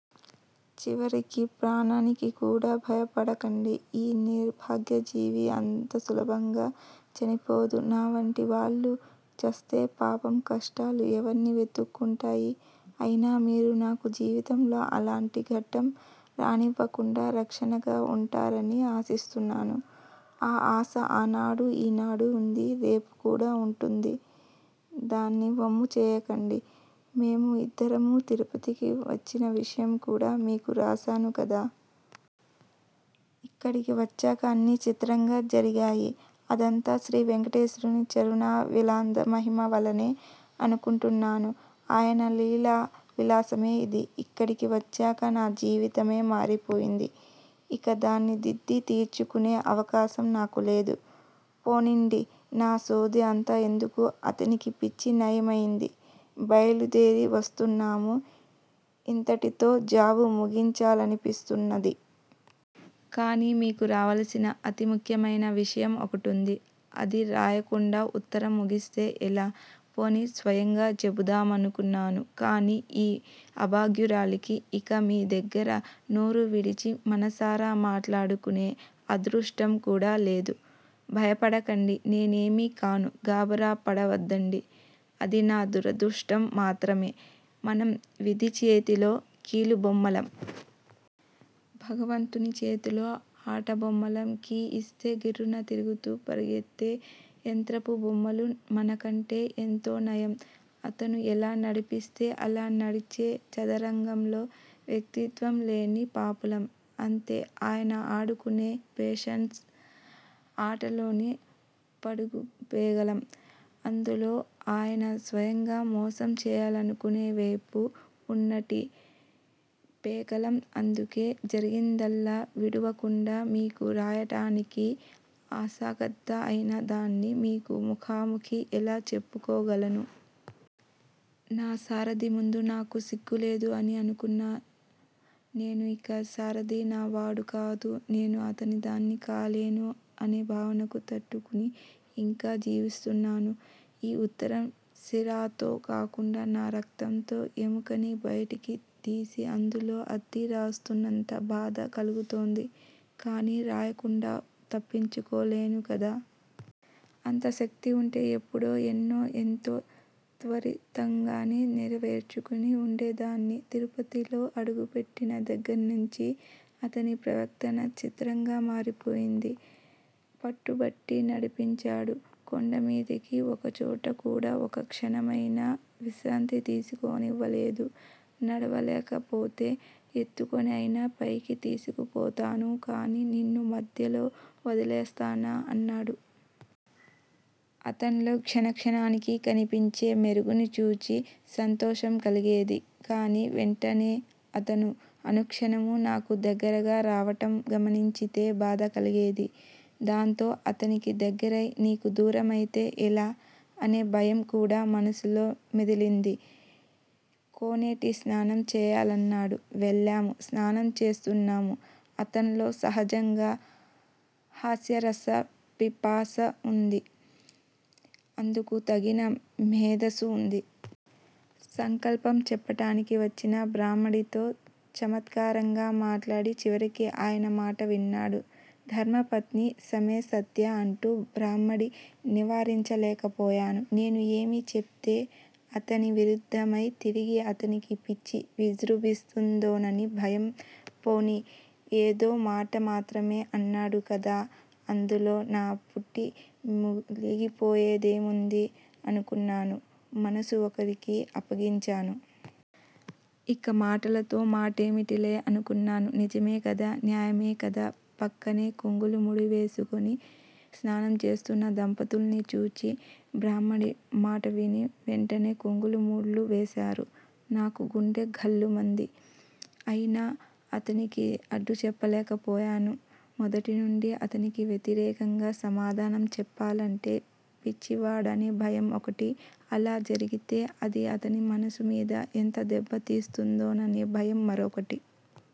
చివరికి ప్రాణానికి కూడా! భయపడకండి-ఈ నిర్భాగ్య జీవి అంతసులభంగా చనిపోదు నావంటివాళ్ళు చస్తే పాపం! కష్టాలు ఎవర్నివెతుక్కుంటాయ్. అయినా మీరు నాకు జీవితంలో అలాంటి ఘట్టంరానివ్వకుండా రక్షణగా వుంటారని ఆశిస్తున్నాను-ఆ ఆశ ఆనాడు ఈనాడూ వుంది-రేపు కూడా వుంటుంది. దానివమ్ము చేయకండి! మేము ఇద్దరమూ తిరుపతికి వచ్చిన విషయం మీకు రాశానుకదా? ఇక్కడికి వచ్చాక అన్నీ చిత్రంగా జరిగాయి. అదంతా శ్రీవేంకటేశ్వరుని చరణారవిందాల మహిమవల్లనే అనుకుంటున్నాను. ఆయన లీలా విలాసమే ఇది. ఇక్కడికివచ్చాక నా జీవితమే మారిపోయింది. ఇకధాన్ని దిద్ది తీర్చుకునే అవకాశం నాకులేదు- పోనీండినా సోది అంతా ఎందుకు? అతనికి పిచ్చి నయమైంది. బయలుదేరివస్తున్నాము ఇంతటితో జాబు ముగించాలనిపిస్తున్నది. కానీ-మీకు వ్రాయవలసిన అతి ముఖ్యమైన విషయం ఒకటుంది. అది వ్రాయకుండా ఉత్తరంముగిస్తే ఎలా? పోనీ స్వయంగా చెపుదామనుకున్నాను. కానీ ఈ అభాగ్యురాలికి ఇక మీ దగ్గరనోరువిడిచి మనసారా మాట్లాడుకునే అదృష్టం కూడా లేదు. భయపడకండి. నేనేమీ కాను. గాబరాపడవద్దండి అది నా దురదృష్టం మాత్రమే. మనం విధి చేతిలోకీలు బొమ్మలం. భగవంతునిచేతిలో ఆటబొమ్మలం. కీఇస్తే గిర్రున తిరుగుతూపరుగెత్తే యంత్రపు బొమ్మలు మనకంటే ఎంతో నయం. అతను ఎలా నడిపితే అలా నడిచే చదరంగంలో వ్యక్తిత్వం లేని పాపులం. అంతే! ఆయన ఆడుకునే పేషన్స్ ఆటలోని పడుగుపేగలం. అందులో ఆయన స్వయంగా మోసం చేయాలనుకునేవైపు వున్నట్టిపేకలం. అందుకే జరిగిందల్లా విడువకుండా మీకు వ్రాయటానికే అశక్తత అయిన దాన్ని మీకు ముఖాముఖి ఎలా చెప్పుకోగలను? నాసారధి ముందు నాకు సిగ్గులేదు అని అనుకున్న నేను ఇక సారధి నా వాడుకాదు-నేను అతనిదాన్ని కాలేను అనేభావనకు తట్టుకుని ఇంకా జీవిస్తున్నాన్నేను. ఈ ఉత్తరం సిరాతో కాకుండా నా రక్తంతో ఎముకని బయటికి తీసి అందులో అద్ది రాస్తున్నంత బాధ కలుగుతోంది. కానీవ్రాయకుండా తప్పించుకోలేనుకదా? అంత శక్తి వుంటే ఎప్పుడో ఎన్నో ఎంతో త్వరితంగానే నెరవేర్చుకుని వుండేదాన్ని. తిరుపతిలో అడుగు పెట్టిన దగ్గర్నించీ అతని ప్రవర్తన చిత్రంగా మారిపోయింది. పట్టుబట్టి నడిపించాడు కొండమీదికి. ఒకచోటకూడా ఒక్కక్షణమైనా విశ్రాంతితీసుకోనివ్వలేదు. నడువలేకపోతే ఎత్తుకుని అయినా పైకి తీసుకపోతాను కానీ నిన్ను మధ్యలో వదిలేస్తానా అన్నాడు. అతన్లో క్షణ క్షణానికి కనిపించేమెరుగుని చూచి సంతోషంకలిగేది. కానీ-వెంటనే అతను అనుక్షణమూ నాకు దగ్గరగా రావటం గమనించితే బాధకలిగేది-- దాంతో అతనికి దగ్గరై నీకు దూరమౌతే ఎలా? అనే భయంకూడా మనసులో మెదిలింది. కోనేటిలోస్నానం చేయాలన్నాడు. వెళ్ళాము స్నానంచేస్తున్నాము. అతన్లో సహజంగా హాస్యరసపిపాస వుంది. అందుకు తగిన మేధస్సు వుంది. సంకల్పం చెప్పటానికి వచ్చిన బ్రాహ్మడితో చమత్కారంగా మాట్లాడిచివరికి ఆయన మాటవిన్నాడు. ధర్మపత్ని సమేతస్య అంటున్న బ్రాహ్మడి నివారించలేకపోయాను. నేను ఏమి చెప్తే అతని విరుద్దమై తిరిగి అతనికి పిచ్చివిజ్రుంభిస్తుందోనని భయం. పోనీ ఏదో మాట మాత్రమే అంటున్నాడు కదా? ఇందులోనా పుట్టి ములిగిపోయేదేముంది అనుకున్నాను. మనస్సు ఒకరికి అప్పగించాను. ఇక ఈ మాటలతో మాటేమిటిలే అనుకున్నాను. నిజమేకదా? న్యాయమే కదా? ప్రక్కనే కొంగులు ముడివేసుకుని స్నానం చేస్తున్నదంపతుల్ని చూచి బ్రాహ్మడి మాటవిని వెంటనే కొంగు ముళ్ళువేశారు. నాకుగుండె ఝల్లుమంది అయినా అతనికి అడ్డుచెప్పలేకపోయాను. మొదటినుండి అతనికి వ్యతిరేకంగా సమాధానం చెప్పాలంటే పిచ్చివాడనే భయం ఒకటి అలా జరిగితే అది అతని మనసు మీద ఎంత దెబ్బతీస్తుందోననే భయం మరొకటి.